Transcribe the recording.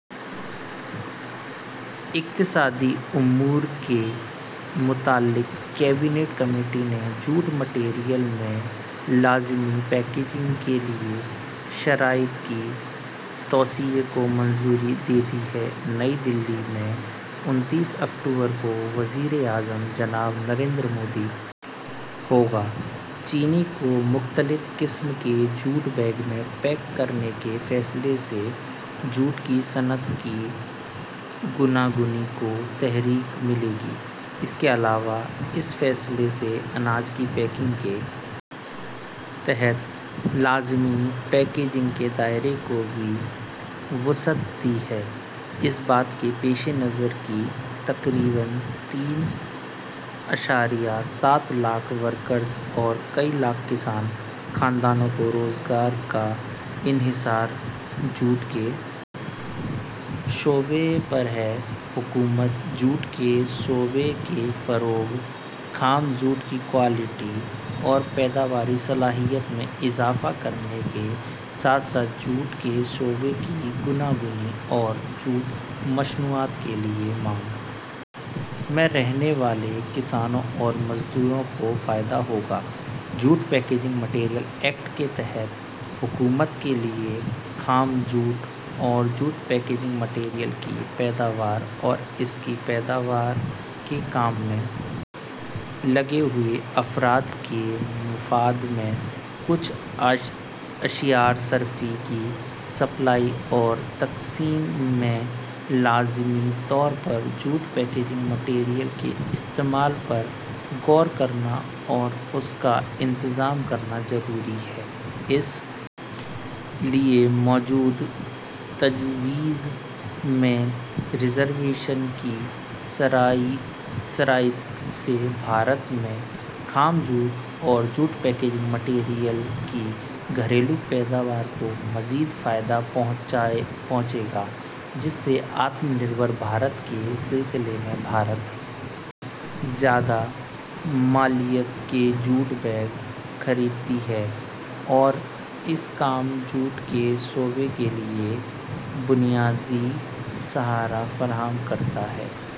اقتصادی امور سے متعلق کابینہ کمیٹی نے جوٹ میٹیریل میں لازمی پیکیجنگ کے لیے شرائط کی توسیع کو منظوری دے دی ہے نئی دہلی میں انتیس اکتوبر کو وزیر اعظم جناب نریندر مودی ہوگا چینی کو مختلف قسم کے جوٹ بیگ میں پیک کرنے کے فیصلے سے جوٹ کی صنعت کی گوناگونی کو تحریک ملے گی اس کے علاوہ اس فیصلے نے اناج کی پیکنگ کے تحت لازمی پیکیجنگ کے دائرے کو بھی وسعت دی ہے اس بات کے پیش نظر کہ تقریباً تین اشاریہ سات لاکھ ورکرز اور کئی لاکھ کسان خاندانوں کے روزگار کا انحصار جوٹ کے شعبے پر ہے حکومت جوٹ کے شعبے کے فروغ خام جوٹ کی کوالٹی اور پیداواری صلاحیت میں اضافہ کرنے کے ساتھ ساتھ جوٹ کے شعبے کی گوناگونی اور جوٹ مصنوعات کے لیے مانگ میں رہنے والے کسانوں اور مزدوروں کو فائدہ ہوگا جوٹ پیکیجنگ میٹیریل ایکٹ کے تحت حکومت کے لیے خام جوٹ اور جوٹ پیکیجنگ میٹیریل کی پیداوار اور اس کی پیداوار کے کام میں لگے ہوئے افراد کے مفاد میں کچھ اشیائے صارفین کی سپلائی اور تقسیم میں لازمی طور پر جوٹ پیکیجنگ میٹیریل کے استعمال پر غور کرنا اور اس کا انتظام کرنا ضروری ہے اس لیے موجودہ تجویز میں ریزرویشن کی شرائط سے بھارت میں خام جوٹ اور جوٹ پیکیجنگ میٹیریل کی گھریلو پیداوار کو مزید فائدہ پہنچے گا جس سے آتم نربھر بھارت کے سلسلے میں بھارت زیادہ مالیت کے جوٹ بیگ خریدتی ہے اور یہ کام جوٹ کے شعبے کے لیے بنیادی سہارا فراہم کرتا ہے